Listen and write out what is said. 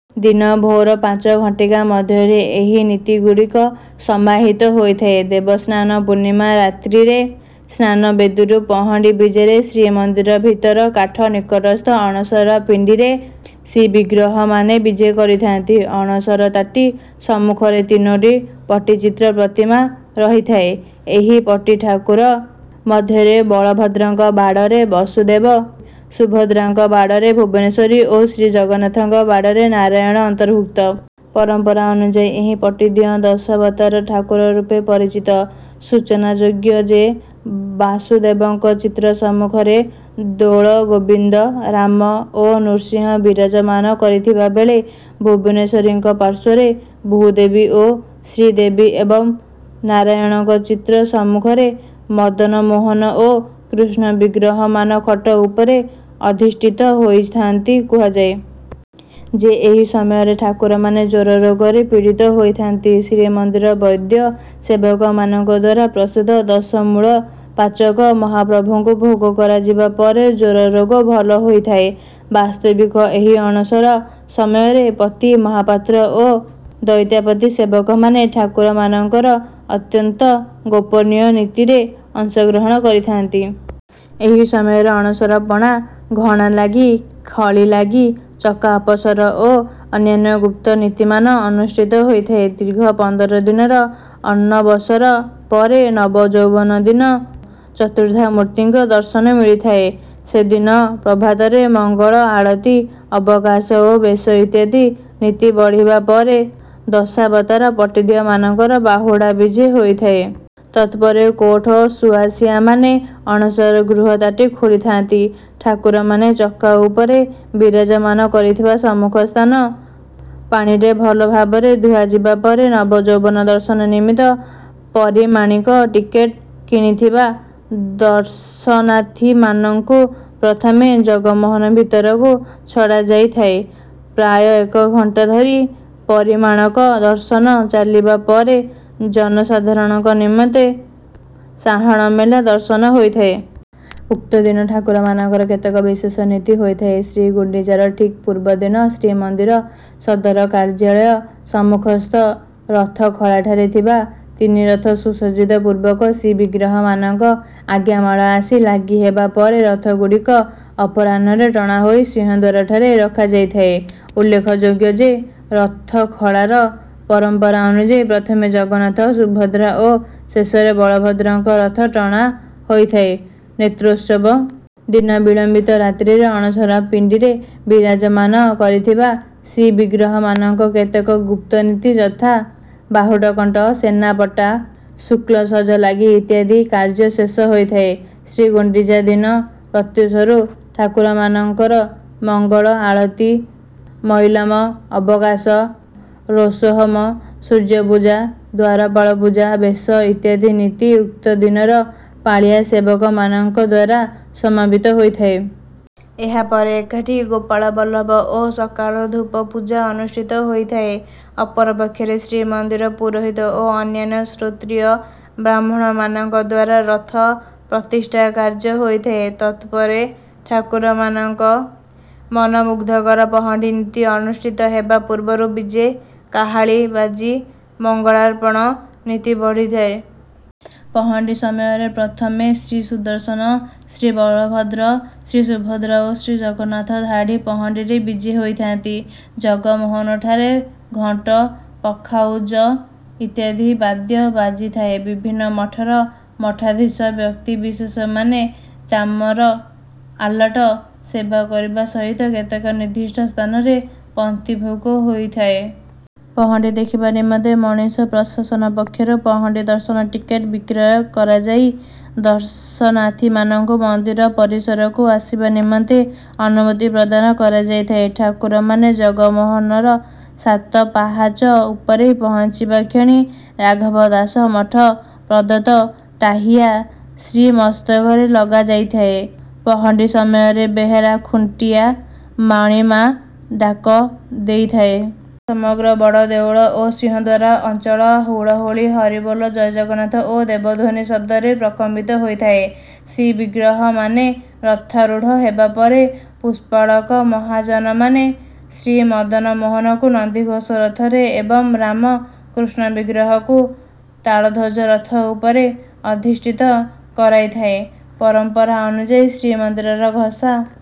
ଦିନ ଭୋର ପାଞ୍ଚ ଘଟିକା ମଧ୍ୟରେ ଏହି ନୀତିଗୁଡ଼ିକ ସମାହିତ ହୋଇଥାଏ। ଦେବସ୍ନାନ ପୂର୍ଣ୍ଣିମା ରାତ୍ରିରେ ସ୍ନାନବେଦୀରୁ ପହଣ୍ଡି ବିଜେରେ ଶ୍ରୀମନ୍ଦିର ଭିତର କାଠ ନିକଟସ୍ଥ ଅଣସର ପିଣ୍ଡିରେ ଶ୍ରୀବିଗ୍ରହମାନେ ବିଜେ କରିଥାନ୍ତି। ଅଣସର ତାଟି ସମ୍ମୁଖରେ ତିନୋଟି ପଟିଚିତ୍ର ପ୍ରତିମା ରହିଥାଏ। ଏହି ପଟି ଠାକୁର ମଧ୍ୟରେ ବଳଭଦ୍ରଙ୍କ ବାଡ଼ରେ ବାସୁଦେବ, ସୁଭଦ୍ରାଙ୍କ ବାଡ଼ରେ ଭୁବନେଶ୍ୱରୀ ଓ ଶ୍ରୀଜଗନ୍ନାଥଙ୍କ ବାଡ଼ରେ ନାରାୟଣ ଅନ୍ତର୍ଭୁକ୍ତ। ପରମ୍ପରା ଅନୁଯାୟୀ ଏହି ପଟିଦିଅଁ ଦଶାବତାର ଠାକୁର ରୂପେ ପରିଚିତ। ସୂଚନାଯୋଗ୍ୟ ଯେ, ବାସୁଦେବଙ୍କ ଚିତ୍ର ସମ୍ମୁଖରେ ଦୋଳଗୋବିନ୍ଦ, ରାମ ଓ ନୃସିଂହ ବିରାଜମାନ କରିଥିବା ବେଳେ ଭୁବନେଶ୍ୱରୀଙ୍କ ପାର୍ଶ୍ୱରେ ଭୂଦେବୀ ଓ ଶ୍ରୀଦେବୀ ଏବଂ ନାରାୟଣଙ୍କ ଚିତ୍ର ସମ୍ମୁଖରେ ମଦନମୋହନ ଓ କୃଷ୍ଣ ବିଗ୍ରହମାନେ ଖଟ ଉପରେ ଅଧିଷ୍ଠିତ ହୋଇଥାନ୍ତି। କୁହାଯାଏ ଯେ, ଏହି ସମୟରେ ଠାକୁରମାନେ ଜ୍ୱରରୋଗରେ ପୀଡ଼ିତ ହୋଇଥାନ୍ତି। ଶ୍ରୀମନ୍ଦିରର ବୈଦ୍ୟ ସେବକମାନଙ୍କ ଦ୍ୱାରା ପ୍ରସ୍ତୁତ ଦଶମୂଳ ପାଚକ ମହାପ୍ରଭୁଙ୍କୁ ଭୋଗ କରାଯିବା ପରେ ଜ୍ୱରରୋଗ ଭଲ ହୋଇଥାଏ। ବାସ୍ତବିକ ଏହି ଅଣସର ସମୟରେ ପତି ମହାପାତ୍ର ଓ ଦଇତାପତି ସେବକମାନେ ଠାକୁରମାନଙ୍କର ଅତ୍ୟନ୍ତ ଗୋପନୀୟ ନୀତିରେ ଅଂଶଗ୍ରହଣ କରିଥାନ୍ତି। ଏହି ସମୟରେ ଅଣସର ପଣା, ଘଣାଲାଗି, ଖଳିଲାଗି, ଚକା ଅପସର ଓ ଅନ୍ୟାନ୍ୟ ଗୁପ୍ତ ନୀତିମାନ ଅନୁଷ୍ଠିତ ହୋଇଥାଏ। ଦୀର୍ଘ ପନ୍ଦର ଦିନର ଅନବସର ପରେ ନବଯୌବନ ଦିନ ଚତୁର୍ଦ୍ଧାମୂର୍ତ୍ତିଙ୍କ ଦର୍ଶନ ମିଳିଥାଏ। ସେଦିନ ପ୍ରଭାତରେ ମଙ୍ଗଳ ଆଳତି, ଅବକାଶ ଓ ବେଶ ଇତ୍ୟାଦି ନୀତି ବଢ଼ିବା ପରେ ଦଶାବତାର ପଟିଦିଅଁମାନଙ୍କର ବାହୁଡ଼ା ବିଜେ ହୋଇଥାଏ। ତତ୍‌ପରେ କୋଠସୁଆଁସିଆମାନେ ଅଣସର ଗୃହ ତାଟି ଖୋଲିଥାନ୍ତି। ଠାକୁରମାନେ ଚକା ଉପରେ ବିରାଜମାନ କରିଥିବା ସମ୍ମୁଖସ୍ଥାନ ପାଣିରେ ଭଲ ଭାବରେ ଧୁଆଯିବା ପରେ ନବଯୌବନ ଦର୍ଶନ ନିମିତ୍ତ ପରିମାଣିକ ଟିକେଟ୍ କିଣିଥିବା ଦର୍ଶନାର୍ଥୀମାନଙ୍କୁ ପ୍ରଥମେ ଜଗମୋହନ ଭିତରକୁ ଛଡ଼ାଯାଇଥାଏ। ପ୍ରାୟ ଏକ ଘଣ୍ଟା ଧରି ପରିମାଣିକ ଦର୍ଶନ ଚାଲିବା ପରେ ଜନସାଧାରଣଙ୍କ ନିମନ୍ତେ ସାହାଣମେଲା ଦର୍ଶନ ହୋଇଥାଏ। ଉକ୍ତ ଦିନ ଠାକୁରମାନଙ୍କର କେତେକ ବିଶେଷ ନୀତି ହୋଇଥାଏ। ଶ୍ରୀଗୁଣ୍ଡିଚାର ଠିକ୍ ପୂର୍ବଦିନ ଶ୍ରୀମନ୍ଦିର ସଦର କାର୍ଯ୍ୟାଳୟ ସମ୍ମୁଖସ୍ଥ ରଥଖଳାଠାରେ ଥିବା ତିନି ରଥ ସୁସଜ୍ଜିତ ପୂର୍ବକ ଶ୍ରୀବିଗ୍ରହମାନଙ୍କ ଆଜ୍ଞାମାଳ ଆସି ଲାଗି ହେବା ପରେ ରଥଗୁଡ଼ିକ ଅପରାହ୍ନରେ ଟଣା ହୋଇ ସିଂହଦ୍ୱାରଠାରେ ରଖାଯାଇଥାଏ। ଉଲ୍ଲେଖଯୋଗ୍ୟ ଯେ, ରଥଖଳାର ପରମ୍ପରା ଅନୁଯାୟୀ ପ୍ରଥମେ ଜଗନ୍ନାଥ, ସୁଭଦ୍ରା ଓ ଶେଷରେ ବଳଭଦ୍ରଙ୍କ ରଥ ଟଣା ହୋଇଥାଏ। ନେତ୍ରୋତ୍ସବ ଦିନ ବିଳମ୍ବିତ ରାତ୍ରିରେ ଅଣସର ପିଣ୍ଡିରେ ବିରାଜମାନ କରିଥିବା ଶ୍ରୀବିଗ୍ରହମାନଙ୍କ କେତେକ ଗୁପ୍ତ ନୀତି, ଯଥା— ବାହୁଟକଣ୍ଟ, ସେନାପଟା, ଶୁକ୍ଳସଜ ଲାଗି ଇତ୍ୟାଦି କାର୍ଯ୍ୟ ଶେଷ ହୋଇଥାଏ। ଶ୍ରୀଗୁଣ୍ଡିଚା ଦିନ ପ୍ରତ୍ୟୂଷରୁ ଠାକୁରମାନଙ୍କର ମଙ୍ଗଳ ଆଳତି, ମଇଲମ, ଅବକାଶ, ରୋଷହୋମ, ସୂର୍ଯ୍ୟପୂଜା, ଦ୍ୱାରପାଳ ପୂଜା, ବେଶ ଇତ୍ୟାଦି ନୀତି ଉକ୍ତ ଦିନର ପାଳିଆ ସେବକମାନଙ୍କ ଦ୍ୱାରା ସମାପିତ ହୋଇଥାଏ। ଏହାପରେ ଏକାଠି ଗୋପାଳବଲ୍ଲଭ ଓ ସକାଳ ଧୂପ ପୂଜା ଅନୁଷ୍ଠିତ ହୋଇଥାଏ। ଅପରପକ୍ଷରେ ଶ୍ରୀମନ୍ଦିର ପୁରୋହିତ ଓ ଅନ୍ୟାନ୍ୟ ଶ୍ରୋତ୍ରୀୟ ବ୍ରାହ୍ମଣମାନଙ୍କ ଦ୍ୱାରା ରଥ ପ୍ରତିଷ୍ଠା କାର୍ଯ୍ୟ ହୋଇଥାଏ। ତତ୍‌ପରେ ଠାକୁରମାନଙ୍କ ମନମୁଗ୍ଧକର ପହଣ୍ଡି ନୀତି ଅନୁଷ୍ଠିତ ହେବା ପୂର୍ବରୁ ବିଜେ କାହାଳୀ ବାଜି ମଙ୍ଗଳାର୍ପଣ ନୀତି ବଢ଼ିଥାଏ। ପହଣ୍ଡି ସମୟରେ ପ୍ରଥମେ ଶ୍ରୀସୁଦର୍ଶନ, ଶ୍ରୀବଳଭଦ୍ର, ଶ୍ରୀସୁଭଦ୍ରା ଓ ଶ୍ରୀଜଗନ୍ନାଥ ଧାଡ଼ି ପହଣ୍ଡିରେ ବିଜେ ହୋଇଥାନ୍ତି। ଜଗମୋହନଠାରେ ଘଣ୍ଟ, ପଖାଉଜ ଇତ୍ୟାଦି ବାଦ୍ୟ ବାଜିଥାଏ। ବିଭିନ୍ନ ମଠର ମଠାଧୀଶ, ବ୍ୟକ୍ତିବିଶେଷମାନେ ଚାମର, ଆଲଟ ସେବା କରିବା ସହିତ କେତେକ ନିର୍ଦ୍ଦିଷ୍ଟ ସ୍ଥାନରେ ପନ୍ତି ଭୋଗ ହୋଇଥାଏ। ପହଣ୍ଡି ଦେଖିବା ନିମନ୍ତେ ମନ୍ଦିର ପ୍ରଶାସନ ପକ୍ଷରୁ ପହଣ୍ଡି ଦର୍ଶନ ଟିକେଟ୍ ବିକ୍ରୟ କରାଯାଇ ଦର୍ଶନାର୍ଥୀମାନଙ୍କୁ ମନ୍ଦିର ପରିସରକୁ ଆସିବା ନିମନ୍ତେ ଅନୁମତି ପ୍ରଦାନ କରାଯାଇଥାଏ। ଠାକୁରମାନେ ଜଗମୋହନର ସାତ ପାହାଚ ଉପରେ ପହଞ୍ଚିବା କ୍ଷଣି ରାଘବ ଦାସ ମଠ ପ୍ରଦତ୍ତ 'ଟାହିଆ' ଶ୍ରୀମସ୍ତକରେ ଲଗାଯାଇଥାଏ। ପହଣ୍ଡି ସମୟରେ ବେହେରା ଖୁଣ୍ଟିଆ 'ମଣିମା' ଡାକ ଦେଇଥାନ୍ତି। ସମଗ୍ର ବଡ଼ ଦେଉଳ ଓ ସିଂହଦ୍ୱାର ଅଞ୍ଚଳ ହୁଳହୁଳି, ହରିବୋଲ, 'ଜୟ ଜଗନ୍ନାଥ' ଓ ଦେବଧ୍ୱନି ଶବ୍ଦରେ ପ୍ରକମ୍ପିତ ହୋଇଥାଏ। ଶ୍ରୀବିଗ୍ରହମାନେ ରଥାରୂଢ଼ ହେବାପରେ ପୁଷ୍ପାଳକ ମହାଜନମାନେ ଶ୍ରୀମଦନମୋହନଙ୍କୁ ନନ୍ଦିଘୋଷ ରଥରେ ଏବଂ ରାମ, କୃଷ୍ଣ ବିଗ୍ରହଙ୍କୁ ତାଳଧ୍ୱଜ ରଥ ଉପରେ ଅଧିଷ୍ଠିତ କରାଇଥାନ୍ତି। ପରମ୍ପରା ଅନୁଯାୟୀ ଶ୍ରୀମନ୍ଦିରର ଘସା...